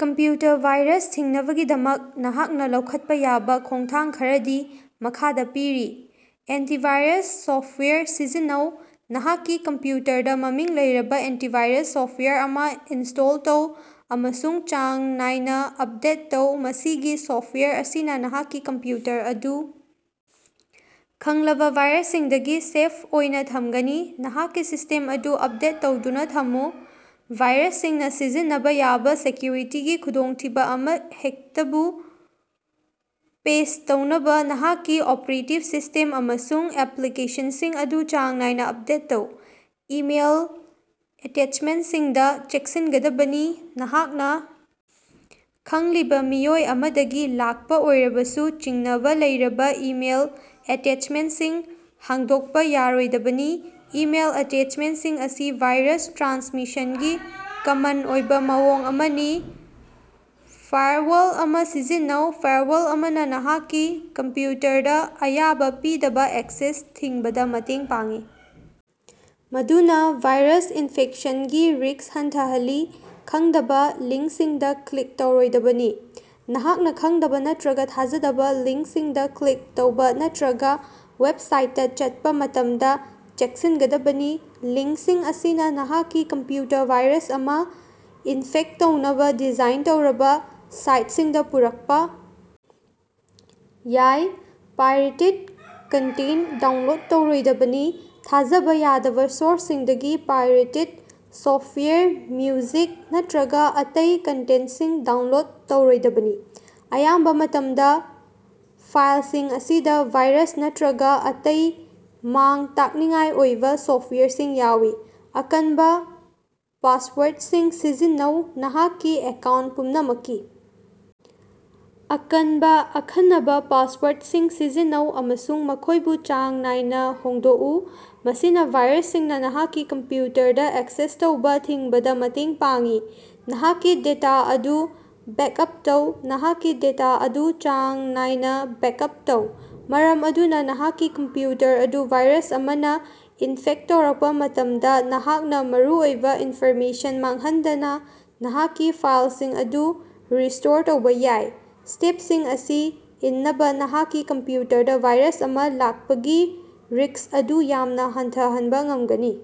Computer virus ꯊꯤꯡꯅꯕꯒꯤꯗꯃꯛ ꯅꯍꯥꯛꯅ ꯂꯧꯈꯠꯄ ꯌꯥꯕ ꯈꯣꯡꯊꯥꯡ ꯈꯔꯗꯤ ꯃꯈꯥꯗ ꯄꯤꯔꯤ: ꯑꯦꯟꯇꯤꯚꯥꯏꯔꯁ ꯁꯣꯐꯇꯋꯥꯌꯔ ꯁꯤꯖꯤꯟꯅꯧ: ꯅꯍꯥꯛꯀꯤ ꯀꯝꯄ꯭ꯌꯨꯇꯔꯗ ꯃꯃꯤꯡ ꯂꯩꯔꯕ ꯑꯦꯟꯇꯤꯚꯥꯏꯔꯁ ꯁꯣꯐꯇꯋꯥꯌꯔ ꯑꯃ ꯏꯟꯁ꯭ꯇꯣꯜ ꯇꯧ ꯑꯃꯁꯨꯡ ꯆꯥꯡ ꯅꯥꯏꯅ ꯑꯄꯗꯦꯠ ꯇꯧ꯫ ꯃꯁꯤꯒꯤ ꯁꯣꯐꯇꯋꯥꯌꯔ ꯑꯁꯤꯅꯥ ꯅꯍꯥꯛꯀꯤ ꯀꯝꯄ꯭ꯌꯨꯇꯔ ꯑꯗꯨ ꯈꯪꯂꯕ ꯚꯥꯏꯔꯁꯁꯤꯡꯗꯒꯤ ꯁꯦꯐ ꯑꯣꯏꯅ ꯊꯝꯒꯅꯤ꯫ ꯅꯍꯥꯛꯀꯤ ꯁꯤꯁ꯭ꯇꯦꯝ ꯑꯗꯨ ꯑꯄꯗꯦꯠ ꯇꯧꯗꯨꯅ ꯊꯝꯃꯨ: ꯚꯥꯏꯔꯁꯁꯤꯡꯅ ꯁꯤꯖꯤꯟꯅꯕ ꯌꯥꯕ ꯁꯦꯀꯌꯨꯔꯤꯇꯤꯒꯤ ꯈꯨꯗꯣꯡꯊꯤꯕ ꯑꯃꯍꯦꯛꯇꯕꯨ ꯄꯦꯆ ꯇꯧꯅꯕ ꯅꯍꯥꯛꯀꯤ ꯑꯣꯄꯔꯦꯇꯤꯡ ꯁꯤꯁ꯭ꯇꯦꯝ ꯑꯃꯁꯨꯡ ꯑꯦꯞꯂꯤꯀꯦꯁꯟꯁꯤꯡ ꯑꯗꯨ ꯆꯥꯡ ꯅꯥꯏꯅ ꯑꯄꯗꯦꯠ ꯇꯧ꯫ ꯏꯃꯦꯏꯜ ꯑꯦꯇꯦꯆꯃꯦꯟꯇꯁꯤꯡꯗ ꯆꯦꯛꯁꯤꯟꯒꯗꯕꯅꯤ: ꯅꯍꯥꯛꯅ ꯈꯪꯂꯤꯕ ꯃꯤꯑꯣꯏ ꯑꯃꯗꯒꯤ ꯂꯥꯛꯄ ꯑꯣꯏꯔꯕꯁꯨ ꯆꯤꯡꯅꯕ ꯂꯩꯔꯕ ꯏꯃꯦꯏꯜ ꯑꯦꯇꯦꯆꯃꯦꯟꯇꯁꯤꯡ ꯍꯥꯡꯗꯣꯛꯄ ꯌꯥꯔꯣꯏꯗꯕꯅꯤ꯫ ꯏꯃꯦꯏꯜ ꯑꯦꯇꯦꯆꯃꯦꯟꯇꯁꯤꯡ ꯑꯁꯤ ꯚꯥꯏꯔꯁ ꯇ꯭ꯔꯥꯟꯁꯃꯤꯁꯟꯒꯤ ꯀꯃꯟ ꯑꯣꯏꯕ ꯃꯑꯣꯡ ꯑꯃꯅꯤ꯫ ꯐꯥꯏꯔꯋꯥꯜ ꯑꯃ ꯁꯤꯖꯤꯟꯅꯧ: ꯐꯥꯏꯔꯋꯥꯜ ꯑꯃꯅ ꯅꯍꯥꯛꯀꯤ ꯀꯝꯄ꯭ꯌꯨꯇꯔꯗ ꯑꯌꯥꯕ ꯄꯤꯗꯕ ꯑꯦꯛꯁꯦꯁ ꯊꯤꯡꯕꯗ ꯃꯇꯦꯡ ꯄꯥꯡꯏ꯫ ꯃꯗꯨꯅ ꯚꯥꯏꯔꯁ ꯏꯅꯐꯦꯛꯁꯟꯒꯤ ꯔꯤꯁ꯭ꯛ ꯍꯟꯊꯍꯜꯂꯤ꯫ ꯈꯪꯗꯕ ꯂꯤꯡꯀꯁꯤꯡꯗ ꯀ꯭ꯂꯤꯛ ꯇꯧꯔꯣꯏꯗꯕꯅꯤ: ꯅꯍꯥꯛꯅ ꯈꯪꯗꯕ ꯅꯠꯇ꯭ꯔꯒ ꯊꯥꯖꯗꯕ ꯂꯤꯉ꯭ꯡꯁꯤꯡꯗ ꯀ꯭ꯂꯤꯛ ꯇꯧꯕ ꯅꯠꯇ꯭ꯔꯒ ꯋꯦꯕꯁꯥꯏꯠꯇ ꯆꯠꯄ ꯃꯇꯝꯗ ꯆꯦꯛꯁꯤꯟꯒꯗꯕꯅꯤ꯫ ꯂꯤꯡꯛꯁꯤꯡ ꯑꯁꯤꯅ ꯅꯍꯥꯛꯀꯤ ꯀꯝꯄ꯭ꯌꯨꯇꯔ ꯚꯥꯏꯔꯁ ꯑꯃꯅ ꯏꯅꯐꯦꯛꯇ ꯇꯧꯅꯕ ꯗꯤꯖꯥꯏꯟ ꯇꯧꯔꯕ ꯁꯥꯏꯇꯁꯤꯡꯗ ꯄꯨꯔꯛꯄ ꯌꯥꯏ꯫ ꯄꯥꯏꯔꯦꯇꯦꯗ ꯀꯟꯇꯦꯟꯇ ꯗꯥꯎꯟꯂꯣꯗ ꯇꯧꯔꯣꯏꯗꯕꯅꯤ: ꯊꯥꯖꯕ ꯌꯥꯗꯕ ꯁꯣꯔꯁꯁꯤꯡꯗꯒꯤ ꯄꯥꯏꯔꯦꯇꯦꯗ ꯁꯣꯐꯇꯋꯥꯌꯔ, ꯃ꯭ꯌꯨꯖꯤꯛ ꯅꯠꯇ꯭ꯔꯒ ꯑꯇꯩ ꯀꯟꯇꯦꯟꯇꯁꯤꯡ ꯗꯥꯎꯟꯂꯣꯗ ꯇꯧꯔꯣꯏꯗꯕꯅꯤ꯫ ꯑꯌꯥꯝꯕ ꯃꯇꯝꯗ, ꯐꯥꯏꯂꯁꯤꯡ ꯑꯁꯤꯗ ꯚꯥꯏꯔꯁ ꯅꯠꯇ꯭ꯔꯒ ꯑꯇꯩ ꯃꯥꯡ-ꯇꯥꯛꯅꯤꯡꯉꯥꯏ ꯑꯣꯏꯕ ꯁꯣꯐꯇꯋꯥꯌꯔꯁꯤꯡ ꯌꯥꯎꯏ꯫ ꯑꯀꯟꯕꯥ ꯄꯥꯁꯋꯥꯔꯗꯁꯤꯡ ꯁꯤꯖꯤꯟꯅꯧ: ꯅꯍꯥꯛꯀꯤ ꯑꯦꯀꯥꯎꯟꯇ ꯄꯨꯝꯅꯃꯛꯀꯤ ꯑꯀꯟꯕ ꯑꯈꯟꯅꯕ ꯄꯥꯁꯋꯥꯔꯗꯁꯤꯡ ꯁꯤꯖꯤꯟꯅꯧ, ꯑꯃꯁꯨꯡ ꯃꯈꯣꯢꯕꯨ ꯆꯥꯡ ꯅꯥꯏꯅ ꯍꯣꯡꯗꯣꯛꯎ꯫ ꯃꯁꯤꯅ ꯚꯥꯏꯔꯁꯁꯤꯡꯅ ꯅꯍꯥꯛꯀꯤ ꯀꯝꯄ꯭ꯌꯨꯇꯔꯗ ꯑꯦꯛꯁꯦꯁ ꯇꯧꯕ ꯊꯤꯡꯕꯗ ꯃꯇꯦꯡ ꯄꯥꯡꯏ꯫ ꯅꯍꯥꯛꯀꯤ ꯗꯦꯇꯥ ꯑꯗꯨ ꯕꯦꯀꯑꯞ ꯇꯧ: ꯅꯍꯥꯛꯀꯤ ꯗꯦꯇꯥ ꯑꯗꯨ ꯆꯥꯡ ꯅꯥꯏꯅ ꯕꯦꯀꯑꯞ ꯇꯧ, ꯃꯔꯝ ꯑꯗꯨꯅ ꯅꯍꯥꯛꯀꯤ ꯀꯝꯄ꯭ꯌꯨꯇꯔ ꯑꯗꯨ ꯚꯥꯏꯔꯁ ꯑꯃꯅ ꯏꯅꯐꯦꯛꯇ ꯇꯧꯔꯛꯄ ꯃꯇꯝꯗ ꯅꯍꯥꯛꯅ ꯃꯔꯨꯑꯣꯏꯕ ꯏꯅꯐꯣꯔꯃꯦꯁꯟ ꯃꯥꯡꯍꯟꯗꯅ ꯅꯍꯥꯛꯀꯤ ꯐꯥꯏꯂꯁꯤꯡ ꯑꯗꯨ ꯔꯤꯁ꯭ꯇꯣꯔ ꯇꯧꯕ ꯌꯥꯏ꯫ ꯁ꯭ꯇꯦꯄꯁꯤꯡ ꯑꯁꯤ ꯏꯟꯕꯅ ꯅꯍꯥꯛꯀꯤ ꯀꯝꯄ꯭ꯌꯨꯇꯔꯗ ꯚꯥꯏꯔꯁ ꯑꯃ ꯂꯥꯛꯄꯒꯤ ꯔꯤꯁ꯭ꯛ ꯑꯗꯨ ꯌꯥꯝꯅ ꯍꯟꯊꯍꯟꯕ ꯉꯝꯒꯅꯤ꯫।